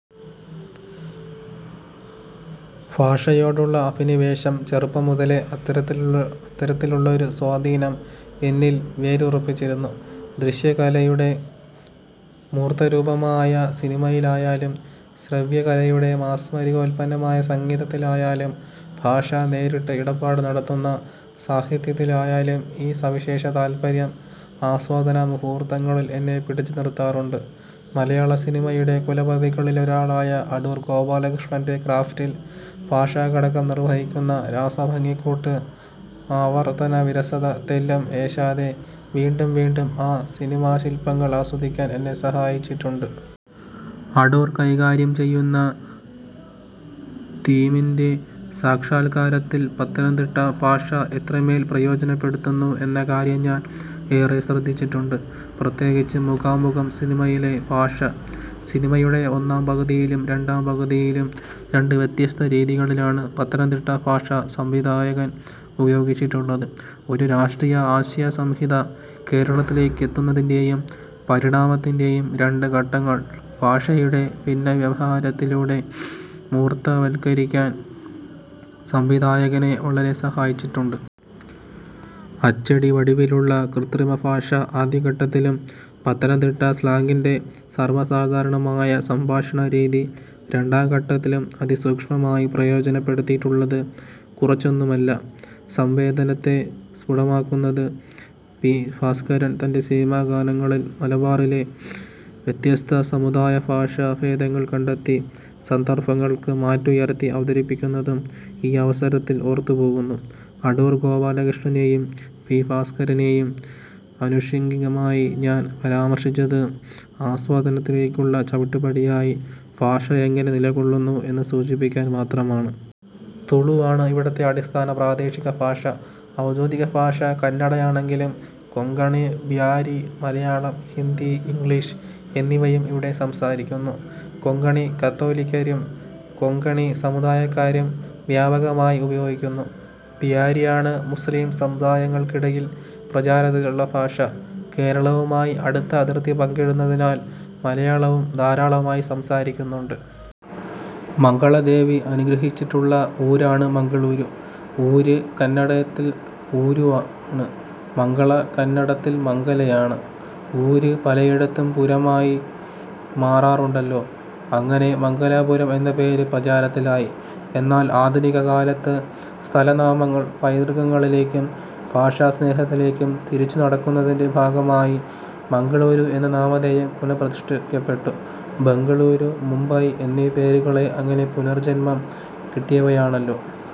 ഭാഷയോടുള്ള അഭിനിവേശം ചെറുപ്പം മുതലേ അത്തരത്തിലുള്ളൊരു സ്വാധീനം എന്നിൽ വേരുറപ്പിച്ചിരുന്നു. ദൃശ്യകലയുടെ മൂർത്തരൂപമായ സിനിമയിലായാലും ശ്രവ്യകലയുടെ മാസ്മരികോൽപ്പന്നമായ സംഗീതത്തിലായാലും ഭാഷ നേരിട്ട് ഇടപാട് നടത്തുന്ന സാഹിത്യത്തിലായാലും ഈ സവിശേഷതാൽപ്പര്യം ആസ്വാദനമുഹൂർത്തങ്ങളിൽ എന്നെ പിടിച്ചു നിർത്താറുണ്ട്. മലയാളസിനിമയുടെ കുലപതികളിലൊരാളായ അടൂർ ഗോപാലകൃഷ്ണന്റെ ക്രാഫ്റ്റിൽ ഭാഷാഘടകം നിർവഹിക്കുന്ന രാസഭംഗിക്കൂട്ട് ആവർത്തനവിരസത തെല്ലും ഏശാതെ വീണ്ടും വീണ്ടും ആ സിനിമാശിൽപ്പങ്ങൾ ആസ്വദിക്കാൻ എന്നെ സഹായിച്ചിട്ടുണ്ട്. അടൂർ കൈകാര്യം ചെയ്യുന്ന തീമിൻറെ സാക്ഷാൽക്കാരത്തിൽ പത്തനംതിട്ട ഭാഷ എത്രമേൽ പ്രയോജനപ്പെടുത്തുന്നു എന്ന കാര്യം ഞാൻ ഏറെ ശ്രദ്ധിച്ചിട്ടുണ്ട്. പ്രത്യേകിച്ച് മുഖാമുഖം സിനിമയിലെ ഭാഷ. സിനിമയുടെ ഒന്നാം പകുതിയിലും രണ്ടാം പകുതിയിലും രണ്ട് വ്യത്യസ്ത രീതികളിലാണ് പത്തനംതിട്ട ഭാഷ സംവിധായകൻ ഉപയോഗിച്ചിട്ടുള്ളത്. ഒരു രാഷ്ട്രീയ ആശയസംഹിത കേരളത്തിലേക്ക് എത്തുന്നതിന്റെയും പരിണാമത്തിന്റെയും രണ്ട് ഘട്ടങ്ങൾ ഭാഷയുടെ ഭിന്നവ്യവഹാരത്തിലൂടെ മൂർത്തവൽക്കരിക്കാൻ സംവിധായകനെ വളരെ സഹായിച്ചിട്ടുണ്ട്. അച്ചടിവടിവിലുള്ള കൃത്രിമഭാഷ ആദ്യഘട്ടത്തിലും പത്തനംതിട്ട സ്ലാങ്ങിൻറെ സർവസാധാരണമായ സംഭാഷണരീതി രണ്ടാം ഘട്ടത്തിലും അതിസൂക്ഷ്മമായി പ്രയോജനപ്പെടുത്തിയിട്ടുള്ളത് കുറച്ചൊന്നുമല്ല സംവേദനത്തെ സ്ഫുടമാക്കുന്നത്. പി. ഭാസ്കരൻ തന്റെ സിനിമാഗാനങ്ങളിൽ മലബാറിലെ വ്യത്യസ്ത സമുദായഭാഷാഭേദങ്ങൾ കണ്ടെത്തി സന്ദർഭങ്ങൾക്ക് മാറ്റുയർത്തി അവതരിപ്പിക്കുന്നതും ഈയവസരത്തിൽ ഓർത്തുപോകുന്നു. അടൂർ ഗോപാലകൃഷ്ണനെയും പി. ഭാസ്കരനെയും ആനുഷംഗികമായി ഞാൻ പരാമർശിച്ചത് ആസ്വാദനത്തിലേക്കുള്ള ചവിട്ടുപടിയായി ഭാഷ എങ്ങനെ നിലകൊള്ളുന്നു എന്ന് സൂചിപ്പിക്കാൻ മാത്രമാണ്. തുളു ആണ് ഇവിടത്തെ അടിസ്ഥാന പ്രാദേശികഭാഷ. ഔദ്യോഗികഭാഷ കന്നഡയാണെങ്കിലും കൊങ്കണി, ബ്യാരി, മലയാളം, ഹിന്ദി, ഇംഗ്ലീഷ് എന്നിവയും ഇവിടെ സംസാരിക്കുന്നു. കൊങ്കണി കത്തോലിക്കരും കൊങ്കണി സമുദായക്കാരും വ്യാപകമായി ഉപയോഗിക്കുന്നു. ബ്യാരിയാണ് മുസ്ലിം സമുദായങ്ങൾക്കിടയിൽ പ്രചാരത്തിലുള്ള ഭാഷ. കേരളവുമായി അടുത്ത അതിർത്തി പങ്കിടുന്നതിനാൽ മലയാളവും ധാരാളമായി സംസാരിക്കുന്നുണ്ട്. മംഗളാദേവി അനുഗ്രഹിച്ചിട്ടുള്ള ഊരാണ് മംഗളൂരു. ഊര് കന്നഡത്തിൽ 'ഊരു'വാണ്. മംഗള കന്നഡത്തിൽ മംഗലയാണ്. ഊര് പലയിടത്തും പുരമായി മാറാറുണ്ടല്ലോ. അങ്ങനെ മംഗലാപുരം എന്ന പേര് പ്രചാരത്തിലായി. എന്നാൽ ആധുനികകാലത്ത് സ്ഥലനാമങ്ങൾ പൈതൃകങ്ങളിലേക്കും ഭാഷാസ്നേഹത്തിലേക്കും തിരിച്ചുനടക്കുന്നതിന്റെ ഭാഗമായി മംഗളൂരു എന്ന നാമധേയം പുന:പ്രതിഷ്ഠിക്കപ്പെട്ടു. ബംഗളൂരു, മുംബൈ എന്നീ പേരുകളൊക്കെ അങ്ങനെ പുനർജന്മം കിട്ടിയവയാണല്ലോ.